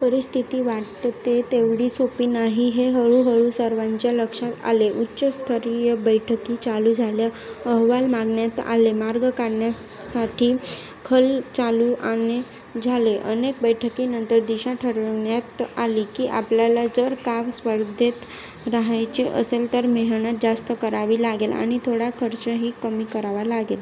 परिस्थिती वाटते तेवढी सोप्पी नाही हे हळू हळू सर्वांच्या लक्षात आले. उच्चस्तरीय बैठकी चालू झाल्या, अहवाल मागवण्यात आले, मार्ग काढण्यासाठी खल चालू झाले. अनेक बैठकीनंतर दिशा ठरवण्यात आली की आपल्याला जर का स्पर्धेत राहायचे असेल तर मेहनत जास्त करावी लागेल आणि थोडा खर्च ही कमी करावा लागेल.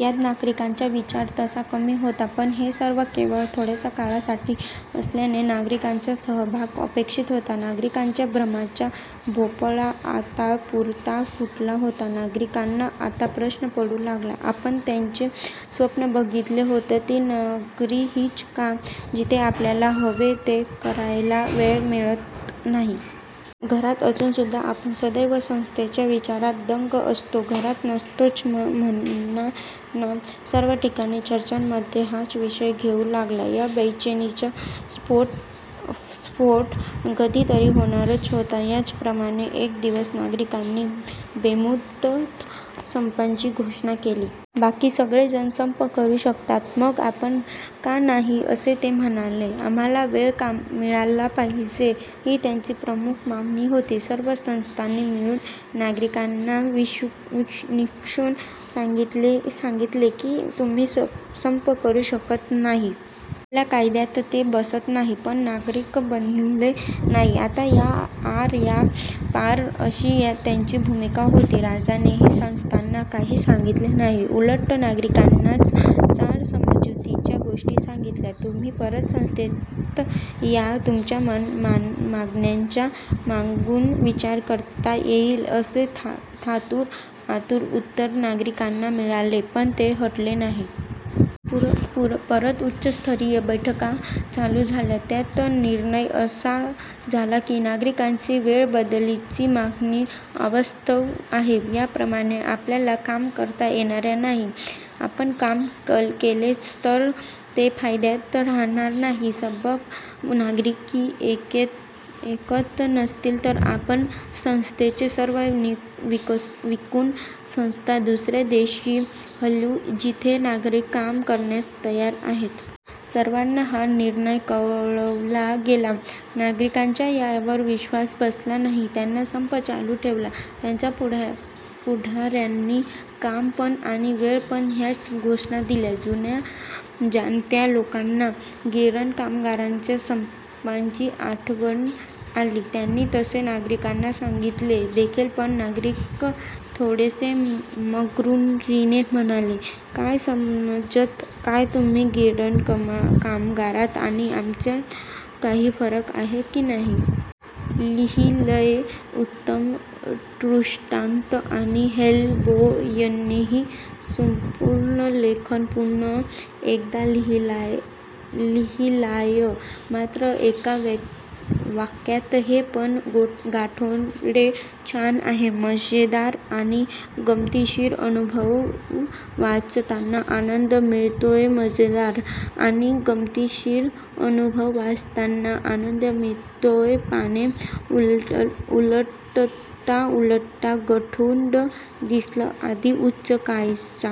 यात नागरिकांचा विचार तसा कमी होता पण हे सर्व केवळ थोड्या काळासाठी असल्याने नागरिकांचा सहभाग अपेक्षित होता. नागरिकांच्या भ्रमाचा भोपळा आता पुरता फुटला होता. नागरिकांना आता प्रश्न पडू लागला, आपण ज्याचे स्वप्न बघितले होते ती नगरी हीच का, जिथे आपल्याला हवे ते करायला वेळ मिळत नाही. घरात असून सुद्धा आपण सदैव संस्थेच्या विचारात दंग असतो, घरात नसतोच म्हणा ना? सर्व ठिकाणी चर्चांमध्ये हाच विषय येऊ लागला. या बेचैनिचा स्फोट कधीतरी होणारच होता. त्याप्रमाणे एक दिवस नागरिकांनी बेमुदत संपाची घोषणा केली. बाकी सगळे जण संप करू शकतात मग आपण का नाही असे ते म्हणाले. आम्हाला वेळ मिळाला पाहिजे ही त्यांची प्रमुख मागणी होती. सर्व संस्थांनी मिळून नागरिकांना निक्षून सांगितले की तुम्ही संप करू शकत नाही. आपल्या कायद्यात ते बसत नाही. पण नागरिक बधले नाही आता 'आर या पार' अशी त्यांची भूमिका होति. राजानेही संस्थाना काही सांगितले नाही, उलट नागरिकांनाच चार समजुतीच्या गोष्टी सांगितल्या. तुम्ही परत संस्थेत या, तुमच्या मागण्यांचा मागून विचार करता येईल असे थातूर मातुर उत्तर नागरिकांना मिळाले, पण ते हटले नाहीत. परत उच्चस्तरीय बैठका चालू झाल्या. त्यात निर्णय असा झाला की नागरिकांची वेळेबद्दलची मागणी अवास्तव आहे, याप्रमाणे आपल्याला काम करता येणार नाही. आपण काम केलेच तर ते फायद्यात रहाणार नाही, सबब नागरिक ऐकत नसतील तर आपण संस्थेचे सर्व विकून संस्था दुसऱ्या देशी हलवू, जेथील नागरिक काम करण्यास तयार आहेत. सर्वाना हा निर्णय कळवला गेला. नागरिकांचा यावर विश्वास बसला नाही, त्यांनी संप चालू ठेवला. त्यांच्या पुढार्यांनी 'काम पणआणि वेळ पण' च्या घोषणा दिल्या. जुन्या जाणत्या लोकांना गिरण कामगारांच्या संपाची आठवण आली. त्यांनी तसे नागरिकांना सांगितले देखील पण नागरिक थोडसे मग्रुरीने म्हणाले, " काय समजत काय तुम्ही गिरण कामगारात आणि आमच्यात काही फरक आहे की नाही? " लिहिलंय! उत्तम डृष्टांत. आणि हेलबॉयनेही संपूर्ण लेख पुन: एकदा लिहिलाय, मात्र एका वाक्यात. हे पण गाठोडे छान आहे.! मजेदार आणि गमतीशीर अनुभव वाचताना आनंद मिळतोयमजेदार आणि गमतीशीर अनुभव वाचताना आनंद मिळतोयपाने उलटता उलटता 'गठुडं' दिसलं. आधी उचकायचा